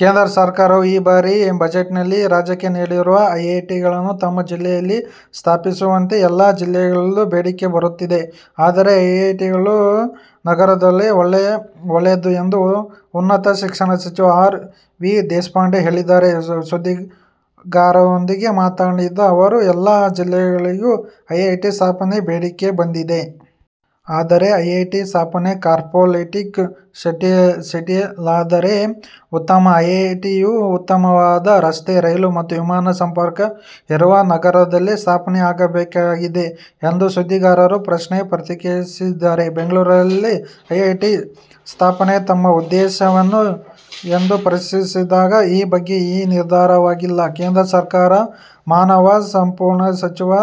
ಕೇಂದ್ರ ಸರ್ಕಾರವು ಈ ಬಾರಿಯ ಬಜೆಟ್ನಲ್ಲಿ ರಾಜ್ಯಕೆ ನೀಡಿರುವ ಐಐಟಿಯನ್ನು ತಮ್ಮ ಜಿಲ್ಲೆಯಲ್ಲಿ ಸ್ಥಾಪಿಸುವಂತೆ ಎಲ್ಲಾ ಜಿಲ್ಲೆಗಳಿಂದಲೂ ಬೇಡಿಕೆ ಬರುತ್ತಿದೆ. ಆದರೆ ಐಐಟಿಯು ಕಾಸ್ಮೋಪಾಲಿಟನ್ ನಗರದಲ್ಲಾದರೆ ಒಳ್ಳೆಯದು ಎಂದು ಉನ್ನತ ಶಿಕ್ಷಣ ಸಚಿವ ಆರ್. ವಿ. ದೇಶಪಾಂಡೆ ಹೇಳಿದ್ದಾರೆ. ಸುದ್ದಿಗಾರರೊಂದಿಗೆ ಮಾತನಾಡಿದ ಅವರು, ಎಲ್ಲಾ ಜಿಲ್ಲೆಗಳಿಂದಲೂ ಐಐಟಿ ಸ್ಥಾಪನೆಗೆ ಬೇಡಿಕೆ ಬಂದಿದೆ. ಆದರೆ ಐಐಟಿ ಸ್ಥಾಪನೆ ಕಾಸ್ಮೋಪಾಲಿಟನ್ ಸಿಟಿಯಲ್ಲಾದರೆ ಉತ್ತಮ. ಐಐಟಿಯು ಉತ್ತಮವಾದ ರಸ್ತೆ, ರೈಲು ಮತ್ತು ವಿಮಾನ ಸಂಪರ್ಕ ಇರುವ ನಗರಗಳಲ್ಲೇ ಸ್ಥಾಪನೆ ಆಗಬೇಕಾಗಿದೆ ಎಂದು ಸುದ್ದಿಗಾರರ ಪ್ರಶ್ನೆಗೆ ಪ್ರತಿಕ್ರಿಯಿಸಿದರು. ಬೆಂಗಳೂರಿನಲ್ಲಿಯೇ ಐಐಟಿ ಸ್ಥಾಪನೆ ತಮ್ಮ ಉದ್ದೇಶವೇ ಎಂದು ಪ್ರಶ್ನಿಸಿದಾಗ, ಈ ಬಗ್ಗೆ ಇನ್ನೂ ನಿರ್ಧಾರವಾಗಿಲ್ಲ. ಕೇಂದ್ರ ಸರ್ಕಾರದ ಮಾನವ ಸಂಪನ್ಮೂಲ ಸಚಿವರ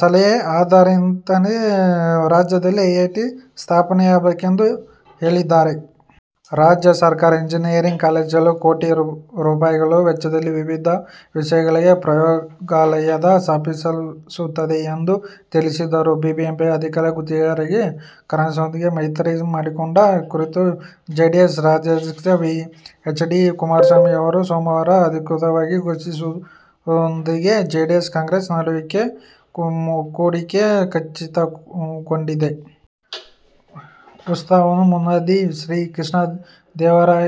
ಸಲಹೆಯನ್ನು ಆಧರಿಸಿಯೇ ರಾಜ್ಯದಲ್ಲಿ ಐಐಟಿ ಸ್ಥಾಪಿಸಬೇಕಾಗಿದೆ ಎಂದರು. ರಾಜ್ಯದ ಸರ್ಕಾರಿ ಇಂಜಿನಿಯರಿಂಗ್ ಕಾಲೇಜುಗಳಲ್ಲಿ ಕೋಟಿ ರೂಗಳ ವೆಚ್ಚದಲ್ಲಿ ವಿವಿಧ ವಿಷಯಗಳ ಪ್ರಯೋಗಾಲಯ ಸ್ಥಾಪಿಸಲಾಗುತ್ತಿದೆ ಎಂದೂ ತಿಳಿಸಿದರು. ಬಿಬಿಎಂಪಿ ಅಧಿಕಾರ ಗದ್ದುಗೆಗಾಗಿ ಕಾಂಗ್ರೆಸ್ನೊಂದಿಗೆ ಮೈತ್ರಿ ಮಾಡಿಕೊಂಡಿರುವ ಕುರಿತು ಜೆಡಿಎಸ್ ರಾಜ್ಯಾಧ್ಯಕ್ಷ ಎಚ್. ಡಿ. ಕುಮಾರಸ್ವಾಮಿ ಅವರು ಸೋಮವಾರ ಅಧಿಕೃತವಾಗಿ ಘೋಷಿಸುವುದರೊಂದಿಗೆ ಜೆಡಿಎಸ್-ಕಾಂಗ್ರೆಸ್ ನಡುವಿನ ಕೂಡಿಕೆ ಖಚಿತಗೊಂಡಿದೆ. ಉತ್ಸವದ ಮುನ್ನಾದಿನ ಶ್ರೀಕೃಷ್ಣದೇವರಾಯ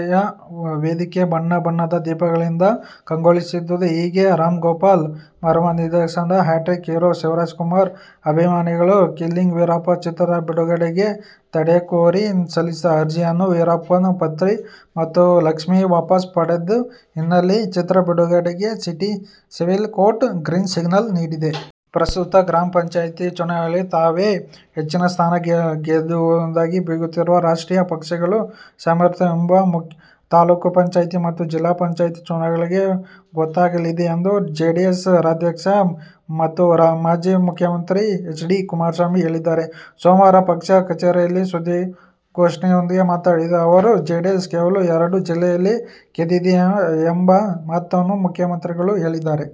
ವೇದಿಕೆ ಬಣ್ಣ, ಬಣ್ಣದ ದೀಪಗಳಿಂದ ಕಂಗೊಳಿಸಿದ್ದು ಹೀಗೆ. ರಾಮ್ ಗೋಪಾಲ್ ವರ್ಮಾ ನಿರ್ದೇಶನದ, ಹ್ಯಾಟ್ರಿಕ್ ಹೀರೋ ಶಿವರಾಜ್ ಕುಮಾರ್ ಅಭಿನಯದ ಕಿಲ್ಲಿಂಗ್ ವೀರಪ್ಪನ್ ಚಿತ್ರ ಬಿಡುಗಡೆಗೆ ತಡೆಕೋರಿ ಸಲ್ಲಿಸಿದ್ದ ಅರ್ಜಿಯನ್ನು ವೀರಪ್ಪನ್ ಪತ್ನಿ ಮುತ್ತುಲಕ್ಷ್ಮಿ ವಾಪಸ್ ಪಡೆದ ಹಿನ್ನೆಲೆಯಲ್ಲಿ ಚಿತ್ರ ಬಿಡುಗಡೆಗೆ city civil court green signal ನೀಡಿದೆ. ಪ್ರಸಕ್ತ ಗ್ರಾಮ ಪಂಚಾಯ್ತಿ ಚುನಾವಣೆಯಲ್ಲಿ ತಾವೇ ಹೆಚ್ಚು ಸ್ಥಾನ ಗೆದ್ದಿರುವುದಾಗಿ ಬೀಗುತ್ತಿರುವ ರಾಷ್ಟ್ರೀಯ ಪಕ್ಷಗಳ ಸಾಮರ್ಥ್ಯ ಮುಂಬರುವ ತಾಲೂಕು ಪಂಚಾಯ್ತಿ ಮತ್ತು ಜಿಲ್ಲಾ ಪಂಚಾಯ್ತಿ ಚುನಾವಣೆಗಳಲ್ಲಿ ಗೊತ್ತಾಗಲಿದೆ ಎಂದು ಜೆಡಿಎಸ್ ರಾಜ್ಯಾಧ್ಯಕ್ಷ ಮತ್ತು ಮಾಜಿ ಮುಖ್ಯಮಂತ್ರಿ ಎಚ್. ಡಿ. ಕುಮಾರಸ್ವಾಮಿ ಹೇಳಿದ್ದಾರೆ. ಸೋಮವಾರ ಪಕ್ಷದ ಕಚೇರಿಯಲ್ಲಿ ಸುದ್ದಿಗಾರರೊಂದಿಗೆ ಮಾತನಾಡಿದ ಅವರು, ಜೆಡಿಎಸ್ ಕೇವಲ ಎರಡೇ ಜಿಲ್ಲೆಗಳಲ್ಲಿ ಗೆದ್ದಿದೆ ಎಂಬ ಮಾತನ್ನು ಮುಖ್ಯಮಂತ್ರಿಗಳು ಹೇಳಿದ್ದಾರೆ.